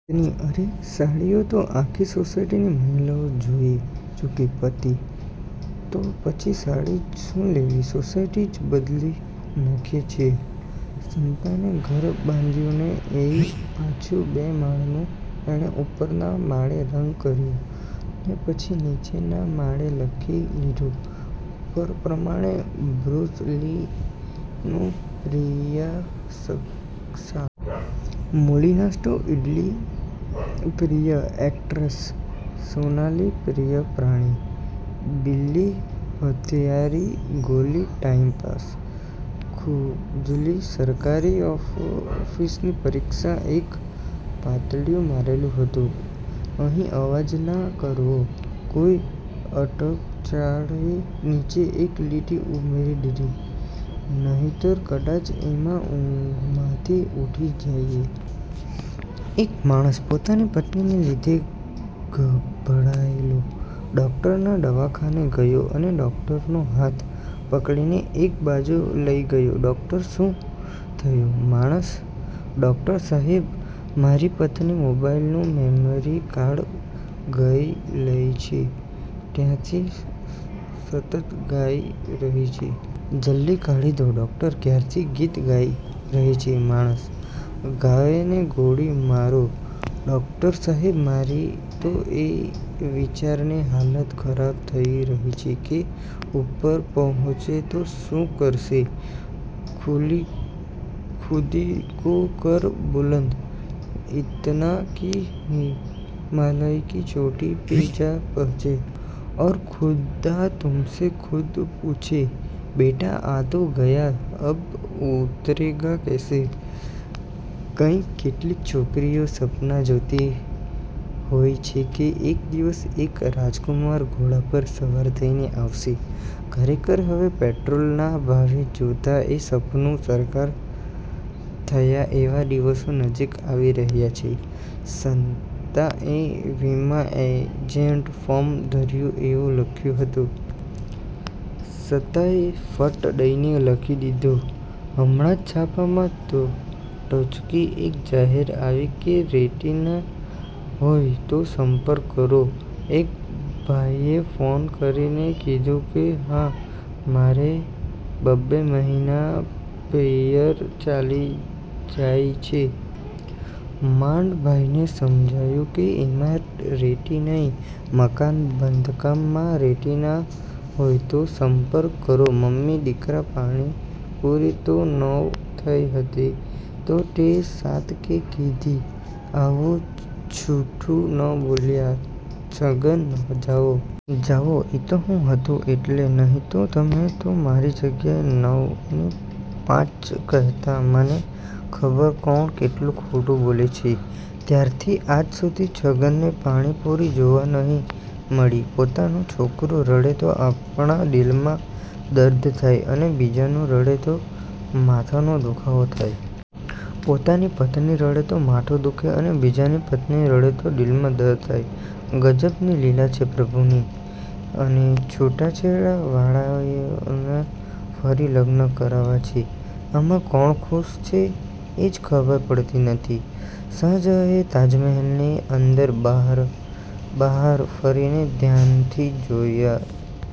પત્ની: અરે તે સાડીઓ તો આખી સોસાયટીની મહિલાઓ જોઈ ચુકી. પતિ: તો પછી સાડી જ શું લેવી, સોસાયટી જ બદલી નાખીએ છીએ. સંતાએ ઘર બંધાવ્યું ને એય પાછું બે માળનું… એણે ઉપરના માળે રંગ કર્યો… ને પછી નીચેના માળે લખી લીધું… '' ઉપર પ્રમાણે… બ્રુસ લી નું પ્રિય શાક? મૂ-લી, નાસ્તો, ઈડ-લી. પ્રિય એક્ટ્રેસ? સોના-લી, પ્રિય પ્રાણી? બિલ-લી, હથિયાર? ગો-લી, ટાઈમપાસ? ખુજ-લી. સરકારી ઓફિસની પરીક્ષા એક પાટિયું મારેલું હતું: અહીં અવાજ ના કરવો. કોઈ અટકચાળાએ નીચે એક લીટી ઉમેરી દીધી: નહીતર કદાચ અમે ઊંઘમાંથી ઊઠી જઈએ. એક માણસ પોતાની પત્નીને લીધે ગભાયેલો ડોક્ટરના દવાખાને ગયો અને ડોક્ટરનો હાથ પકડીને એક બાજુ લઇ ગયો, ડોક્ટર: શું થયું??? માણસ: ડોક્ટર સાહેબ, મારી પત્ની મોબાઈલ નું મેમરી કાર્ડ ગળી ગઈ છે, ત્યારથી સતત ગાઈ રહી છે. જલ્દી કાઢી દો. ડોક્ટર: ક્યારથી ગીત ગાઇ રહી છે? માણસ: ગાવાને ગોળી મારો ડોક્ટર સાહેબ, મારી તો એ વિચારીને હાલત ખરાબ થઇ રહી છે કે ઉપર પહોચશે તો શું કરશે??? ખુદી કો કર બુલંદ ઈતના કી હિમાલય કી ચોટી પે જા પહોંચે. ઔર ખુદા તુમસે ખુદ પૂછે: બેટા, આ તો ગયા અબ ઊતરેગા કૈસે? કંઈ કેટલીય છોકરીઓ સપનાં જોતી હોય છે કે એક દિવસ એક રાજકુમાર ઘોડા પર સવાર થઈને આવશે…. ખરેખર! હવે પેટ્રોલના ભાવ જોતાં એ સપનું સાકાર થાય એવા દિવસો નજીક આવી રહ્યાં છે… સંતા એ વિમા એજન્ટે ફોર્મ ધર્યું એવું લખ્યું હતું. સંતાએ ફટ દઈને લખી દીધું: હમણાં છાપામાં ટચુકડી એક જાહેરાત આવી કે, "રેતી ના હોય તો સંપર્ક કરો. " એક ભાઈએ ફોન કરીને કીધું કે, હા, મારે બબ્બે મહિને પિયર ચાલી જાય છે!! માંડ ઈ ભાઈને સમજાવ્યું કે એમ રેતી નઈ, મકાન બાંધકામ માં રેતી ના હોય તો સંપર્ક કરો. મમ્મી: દીકરા પાણીપુરી તો નવ થઇ હતી તો તે સાત કેમ કીધી? આવું જૂઠું ન બોલાય છગન: જાવો.. જાવો.. એ તો હું હતો એટલે… નહીં તો તમે તો મારી જગ્યાએ નવ ની પાંચ જ કહેતા મને ખબર કોણ કેટલું ખોટું બોલે છે.. ત્યાંરથી આજ સુધી છગનને પાણીપુરી જોવા નહિ મળી. પોતાનું છોકરું રડે તો આપણા દિલમાં દર્દ થાય અને બીજાનું રડે તો માથાનો દુખાવો થાય. પોતાની પત્ની રડે તો માથું દુખે અને બીજાની પત્ની રડે તો દિલમાં દર્દ થાય. ગજબ ની લીલા છે પ્રભુ ની! અને છૂટાછેડા વાળાઓને ફરી લગ્ન કરવા છે! આમાં કોણ ખુશ છે એજ ખબર પડતી નથી. શાહજહાએ તાજમહેલને અંદર, બહાર ફરીને ધ્યાનથી જોયા